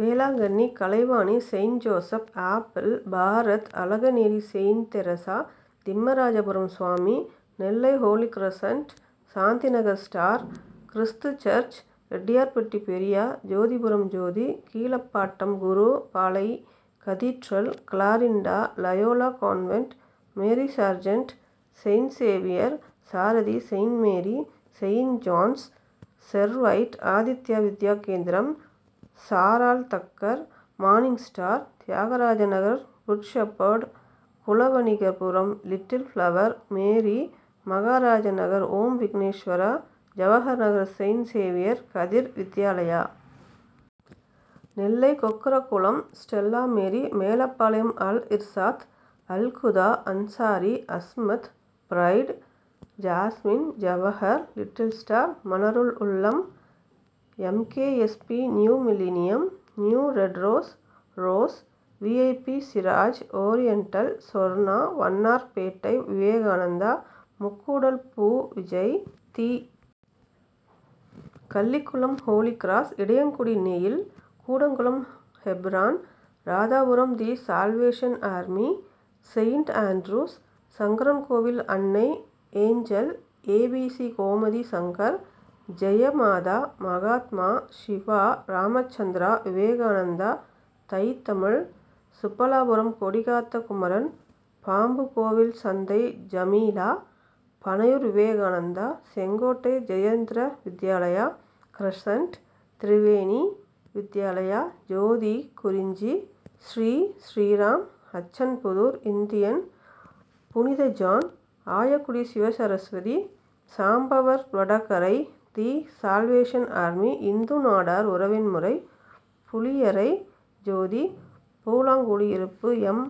Velankanni, Kalaivani, saint Joseph, apple, Bharat, Azhaganeri saint Teresa, Thimmarajapuram Swami, Nellai holy crescent, Shanthinagar star, கிருஸ்து church, Rettiyarpatti Periya, Jothipuram Jothi, Keezhapattam Guru, Palai., cathedral, Clarinda, Loyola convent, Mary Sargent, saint Xavier, Sarathi, saint Mary, saint John's, Servite, Aditya Vidya Kendram, சாராள் Tucker, morning star, Thiyagarajanagar good shepherd, Kulavanigarpuram little flower, Mary, Maharajanagar Om Vigneswara, Jawaharnagar saint Xavier, Kathir Vidyalaya. Nellai Kokkarakulam Stella Mary, Melapalayam Al Irshad, Alhuda, Ansari, Asmath, bright, jasmine, Jawahar, little star, Manarul Ulum, M. K. S. P., new millennium, new red rose, rose, V. I. P., Siraj oriental, Sorna, Vannarpettai Vivekananda, Mukkudal பூ விஜய், தி. Kallikulam holy cross, Idaiyankudi Neil, Koodankulam Hebron, Radhapuram the salvation army, saint Andrew's. Sankarankovil Annai, angel, A. B. C., Gomathi Shankar, Jaya Matha, Mahatma, Siva, Ramachandra, Vivekananda, Thai Tamil, Subbalapuram Kodikatha Kumaran, Pambukovilsanthai Jameela, Panaiyur Vivekananda, Sengottai Jayendra Vidyalaya, crescent, Triveni Vidyalaya, Jothi Kurinji, Sri, Sriram, Achanpudur Indian, புனித John, Aykudi Sivasaraswathi, Sambavarvadakarai the salvation army, Hindu Nadar உறவின் முறை, Puliyarai Jothi, Poolankudiyiruppu M.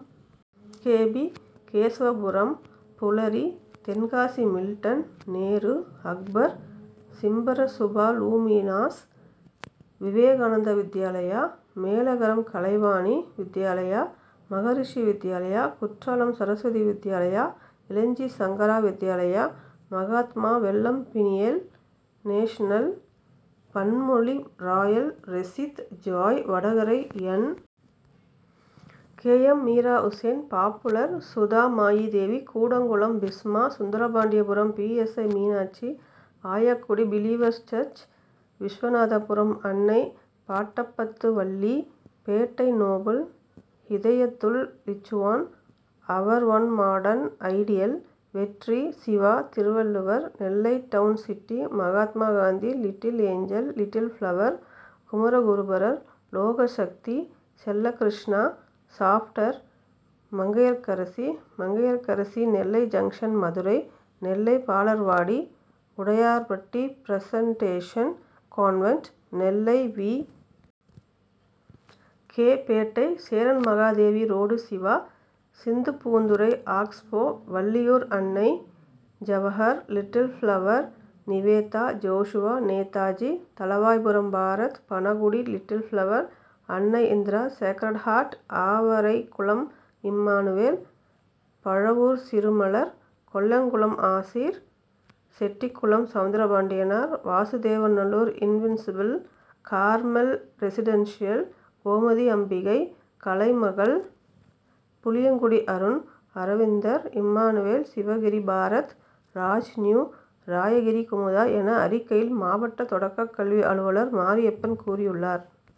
K. P., Kesavapuram Pulari. Tenkasi Milton, Nehru, Akbar, சிம்பர Subha Luminous, Vivekananda Vidyalaya, Melagaram Kalaivani Vidyalaya, Maharishi Vidyalaya, Courtallam Saraswathi Vidyalaya, Ilanji Sankara Vidyalaya, Mahatma, Vallam Peniel, national, Panpozhi royal, ரெசித், Joy, Vadakarai N. K. M. Meera Hussain, popular, Sudha Mayi Devi, Koodankulam Bisma, Sundarapandiapuram P. C. I., Meenakshi, Aykudi believers church, Viswanathapuram Annai, Pattapathu Valli. Pettai noble, Hidayathul லிச்சுவான், our own modern, ideal, Vetri, Siva, Thiruvalluvar, Nellai town city, Mahatma Gandhi, little angel, little flower, Kumaraguruparar, Logasakthi, Chellakrishna, Schaffter, Mangaiyarkarasi, Mangaiyarkarasi, Nellai junction Madurai, Nellai Balarvadi, Udayarpatti presentation convent, Nellai V. K., Pettai Cheranmahadevi road Siva, Sindhupoonthurai ஆக்ஸ்போ, Valliyur Annai, Jawahar, little flower, Nivetha, Joshua, Netaji. Thalavaipuram Bharat, Panagudi little flower, Annai Indira, sacred heart, Avaraikulam Immanuel, Pazhavur சிறுமலர், Kollankulam Aseer, Chettikulam Soundarapandianar, Vasudevanallur invincible, Carmel residential, Gomathi Ambigai, Kalaimagal, Puliyangudi Arun, Aravindar, Immanuel, Sivagiri Bharat, Raj new, Rayagiri Kumudha என அறிக்கையில் மாவட்ட தொடக்கக்கல்வி அலுவலர் மாரியப்பன் கூறியுள்ளார்.